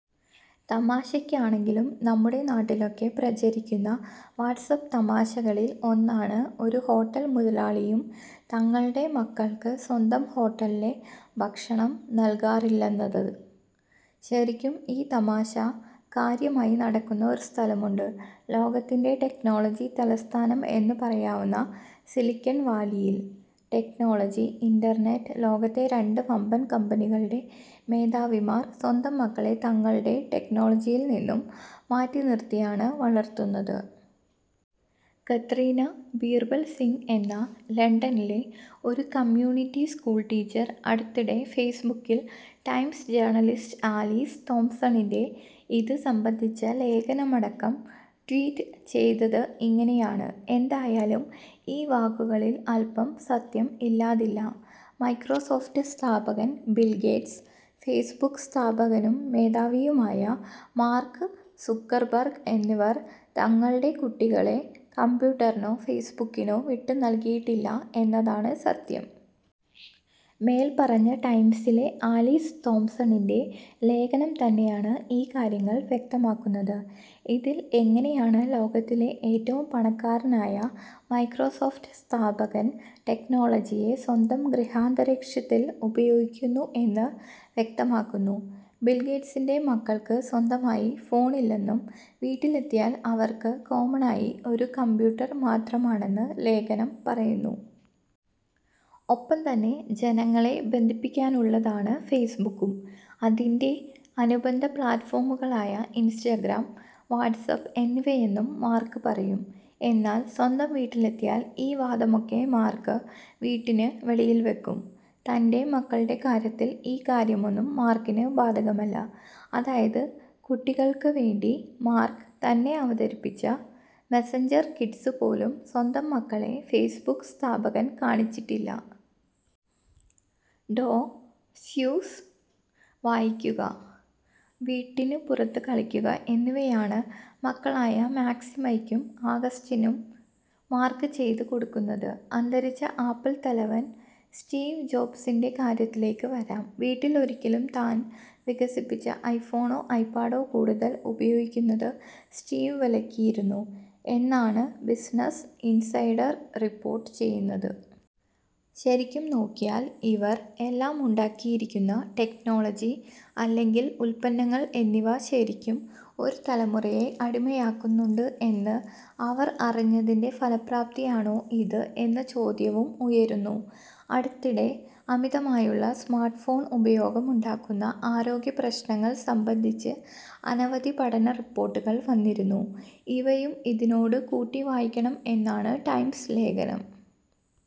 തമാശയ്ക്കാണെങ്കിലും നമ്മുടെ നാട്ടിലൊക്കെ പ്രചരിക്കുന്ന വാട്ട്സ്ആപ്പ് തമാശകളിൽ ഒന്നാണ് ഒരു ഹോട്ടൽ മുതലാളിയും തങ്ങളുടെ മക്കൾക്ക് സ്വന്തം ഹോട്ടലിലെ ഭക്ഷണം നൽകാറില്ലെന്നത്. ശരിക്കും ഈ തമാശകാര്യമായി നടക്കുന്ന ഒരു സ്ഥലമുണ്ട്, ലോകത്തിൻറെ ടെക്നോളജി തലസ്ഥാനം എന്ന് പറയാവുന്ന സിലിക്കൺവാലിയിൽ. ടെക്നോളജി, ഇൻറർനെറ്റ് ലോകത്തെ രണ്ട് വമ്പൻ കമ്പനികളുടെ മേധാവിമാർ സ്വന്തം മക്കളെ തങ്ങളുടെ ടെക്നോളജിയിൽ നിന്നും മാറ്റിനിർത്തിയാണ് വളർത്തുന്നത്. കത്രീന ബീർബൽ സിംഗ് എന്ന ലണ്ടനിലെ ഒരു കമ്യൂണിറ്റി സ്കൂൾ ടീച്ചർ അടുത്തിടെ ഫേസ്ബുക്കിൽ ടൈംസ് ജേർണലിസ്റ്റ് ആലീസ് തോംസണിൻറെ ഇത് സംബന്ധിച്ച ലേഖനം അടക്കം ട്വീറ്റ് ചെയ്തത് ഇങ്ങനെയാണ് എന്തായാലും ഈ വാക്കുകളിൽ അൽപ്പം സത്യം ഇല്ലാതില്ല. മൈക്രോസോഫ്റ്റ് സ്ഥാപകൻ ബിൽ ഗേറ്റ്സ്, ഫേസ്ബുക്ക് സ്ഥാപകനും മേധാവിയുമായ മാർക്ക് സുക്കർബർഗ് എന്നിവർ തങ്ങളുടെ കുട്ടികളെ കമ്പ്യൂട്ടറിനോ ഫേസ്ബുക്കിനോ വിട്ടുനൽകിയിട്ടില്ല എന്നതാണ് സത്യം. മേൽപ്പറഞ്ഞ ടൈംസിലെ ആലീസ് തോംസണിൻറെ ലേഖനം തന്നെയാണ് ഈ കാര്യങ്ങൾ വ്യക്തമാക്കുന്നത്. ഇതിൽ എങ്ങനെയാണ് ലോകത്തിലെ ഏറ്റവും പണക്കാരനായ മൈക്രോസോഫ്റ്റ് സ്ഥാപകൻ ടെക്നോളജിയെ സ്വന്തം ഗൃഹാന്തരീക്ഷത്തിൽ ഉപയോഗിക്കുന്നു എന്ന് വ്യക്തമാക്കുന്നു. ബിൽഗേറ്റ്സിൻറെ മക്കൾക്ക് സ്വന്തമായി ഫോണില്ലെന്നും, വീട്ടിൽ എത്തിയാൽ അവർക്ക് കോമണായി ഒരു കമ്പ്യൂട്ടർ മാത്രമാണെന്ന് ലേഖനം പറയുന്നു. ഒപ്പം തന്നെ ജനങ്ങളെ ബന്ധിപ്പിക്കാനുള്ളതാണ് ഫേസ്ബുക്കും, അതിൻറെ അനുബന്ധ പ്ലാറ്റ്ഫോമുകളായ ഇൻസ്റ്റഗ്രാം, വാട്ട്സ്ആപ്പ് എന്നിവയെന്നും മാർക്ക് പറയും. എന്നാൽ സ്വന്തം വീട്ടിലെത്തിയാൽ ഈ വാദമൊക്കെ മാർക്ക് വീട്ടിന് വെളിയിൽ വയ്ക്കും. തൻറെ മക്കളുടെ കാര്യത്തിൽ ഈ കാര്യമൊന്നും മാർക്കിന് ബാധകമല്ല. അതായത് കുട്ടികൾക്ക് വേണ്ടി മാർക്ക് തന്നെ അവതരിപ്പിച്ച മെസഞ്ചർ കിഡ്സ് പോലും സ്വന്തം മക്കളെ ഫേസ്ബുക്ക് സ്ഥാപകൻ കാണിച്ചിട്ടില്ല. ഡോ. സ്യൂസ് വായിക്കുക, വീട്ടിന് പുറത്ത് കളിക്കുക എന്നിവയാണ് മക്കളായ മാക്സിമയ്ക്കും, ആഗസ്റ്റിനും മാർക്ക് ചെയ്ത് കൊടുക്കുന്നത്. അന്തരിച്ച ആപ്പിൾ തലവൻ സ്റ്റീവ് ജോബ്സിൻറെ കാര്യത്തിലേക്ക് വരാം. വീട്ടിൽ ഒരിക്കലും താൻ വികസിപ്പിച്ച ഐഫോണോ, ഐപാഡോ കൂടുതൽ ഉപയോഗിക്കുന്നത് സ്റ്റീവ് വിലക്കിയിരുന്നു എന്നാണ് ബിസിനസ് ഇൻസൈഡർ റിപ്പോർട്ട് ചെയ്യുന്നത്. ശരിക്കും നോക്കിയാൽ ഇവർ എല്ലാം ഉണ്ടാക്കിയിരിക്കുന്ന ടെക്നോളജി, അല്ലെങ്കിൽ ഉത്പന്നങ്ങൾ എന്നിവ ശരിക്കും ഒരു തലമുറയെ അടിമയാക്കുന്നുണ്ട് എന്ന് അവർ അറിഞ്ഞതിൻറെ ഫലപ്രാപ്തിയാണോ ഇത് എന്ന ചോദ്യവും ഉയരുന്നു. അടുത്തിടെ അമിതമായുള്ള സ്മാർട്ട്ഫോൺ ഉപയോഗം ഉണ്ടാക്കുന്ന ആരോഗ്യപ്രശ്നങ്ങൾ സംബന്ധിച്ച് അനവധി പഠന റിപ്പോർട്ടുകൾ വന്നിരുന്നു ഇവയും ഇതിനോട് കൂട്ടിവായിക്കണം എന്നാണ് ടൈംസ് ലേഖനം